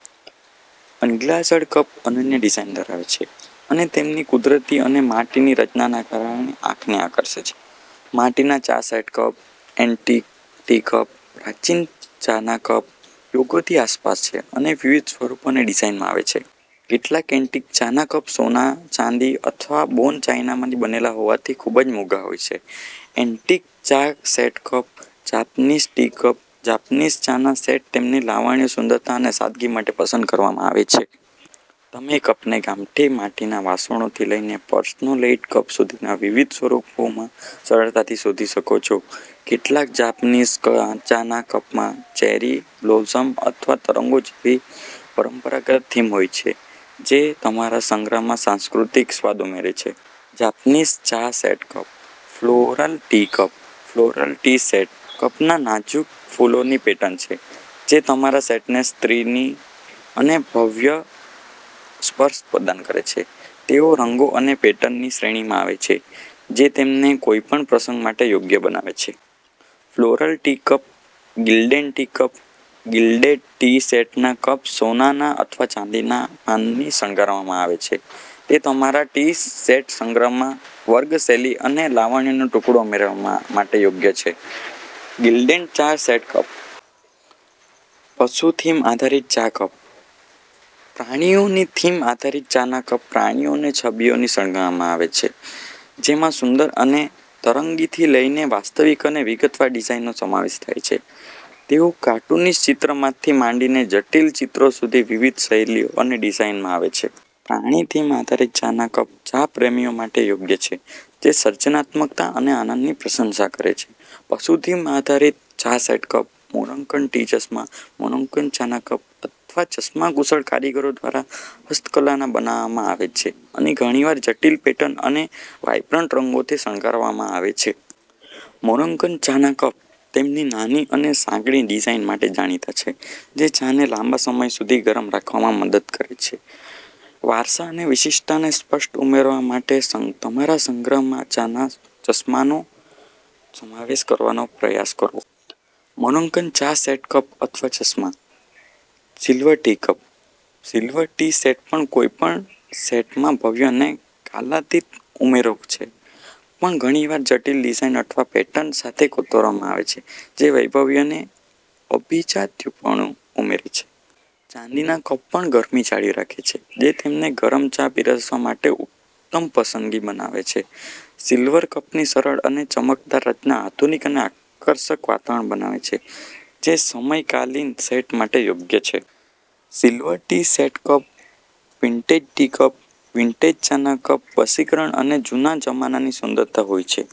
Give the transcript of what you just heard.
Unglazed cup અનન્ય design ધરાવે છે અને તેમની કુદરતી અને માટીની રચનાને કારણે આંખને આકર્ષે છે. માટીના ચા set cup. Antique tea cup. પ્રાચીન ચાના કપ યુગોથી આસપાસ છે અને વિવિધ સ્વરૂપો અને ડિઝાઇનમાં આવે છે. કેટલાક એન્ટિક ચાના કપ સોના, ચાંદી અથવા બોન ચાઈનામાંથી બનેલા હોવાથી ખૂબ જ મોંઘા હોય છે. એન્ટિક ચા set cup. Japanese tea cup. Japanese ચાના સેટ તેમની લાવણ્ય, સુંદરતા અને સાદગી માટે પસંદ કરવામાં આવે છે. તમે કપને ગામઠી માટીના વાસણોથી લઈને પોર્સેલેઈન કપ સુધીના વિવિધ સ્વરૂપોમાં સરળતાથી શોધી શકો છો. કેટલાક જાપનીઝ ચાના કપમાં ચેરી બ્લોસમ અથવા તરંગો જેવી પરંપરાગત થીમ હોય છે, જે તમારા સંગ્રહમાં સાંસ્કૃતિક સ્વાદ ઉમેરે છે. જાપનીઝ ચા set cup. Floral tea cup. Floral tea set કપમાં નાજુક ફૂલોની પેટર્ન છે જે તમારા સેટને સ્ત્રીની અને ભવ્ય સ્પર્શ પ્રદાન કરે છે. તેઓ રંગો અને પેટર્નની શ્રેણીમાં આવે છે, જે તેમને કોઈપણ પ્રસંગ માટે યોગ્ય બનાવે છે. Floral tea cup. Gilding tea cup. Gilded tea સેટના કપ સોનાના અથવા ચાંદીના પાનની શણગારવામાં આવે છે. તે તમારા ટી સેટ સંગ્રહમાં વર્ગ, શૈલી અને લાવણ્યનો ટુકડો ઉમેરવા માટે યોગ્ય છે. ગિલ્ડિન ચા સેટ કપ. પશુ-થીમ આધારિત ચા કપ. પ્રાણીઓની થીમ આધારિત ચાના કપ પ્રાણીઓને છબીઓને શણગારવામાં આવે છે, જેમાં સુંદર અને તરંગીથી લઈને વાસ્તવિક અને વિગતવાર ડિઝાઇનનો સમાવેશ થાય છે. તેઓ કાર્ટૂનિશ ચિત્ર માંથી માંડીને જટિલ ચિત્રો સુધી વિવિધ શૈલીઓ અને ડિઝાઇનમાં આવે છે. પ્રાણી-થીમ આધારિત ચાના કપ ચા પ્રેમીઓ માટે યોગ્ય છે જે સર્જનાત્મકતા અને આનંદની પ્રશંસા કરે છે. પશુ-થીમ આધારિત ચા સેટ કપ. મોરોક્કન ટી ચશ્મા. મોરોક્કન ચાના કપ અથવા ચશ્મા કુશળ કારીગરો દ્વારા હસ્તકલા ના બનાવવામાં આવે છે અને ઘણીવાર જટિલ પેટર્ન અને વાઇબ્રન્ટ રંગોથી શણગારવામાં આવે છે. મોરોક્કન ચાના કપ તેમની નાની અને સાંકડી ડિઝાઇન માટે જાણીતા છે, જે ચાને લાંબા સમય સુધી ગરમ રાખવામાં મદદ કરે છે. વારસા અને વિશિષ્ટતાને સ્પર્શ ઉમેરવા માટે તમારા સંગ્રહમાં ચાના ચશ્માનો સમાવેશ કરવાનો પ્રયાસ કરો. મોરોક્કન ચા સેટ કપ અથવા ચશ્મા. Silver tea cup. Silver tea set પણ કોઈપણ સેટમાં ભવ્ય અને કાલાતીત ઉમેરો છે. પણ ઘણીવાર જટિલ ડિઝાઇન અથવા પેટર્ન સાથે કોતરવામાં આવે છે, જે વૈભવી અને અભિજાત્યપણુ ઉમેરે છે. ચાંદીના કપ પણ ગરમી જાળવી રાખે છે, જે તેમને ગરમ ચા પીરસવા માટે ઉત્તમ પસંદગી બનાવે છે. સિલ્વર કપની સરળ અને ચમકદાર રચના આધુનિક અને આકર્ષક વાતાવરણ બનાવે છે, જે સમયકાલીન સેટ માટે યોગ્ય છે. Silver tea set cup. Vintage tea cup. Vintage ચાના કપ વશીકરણ અને જૂના જમાનાની સુંદરતા હોય છે.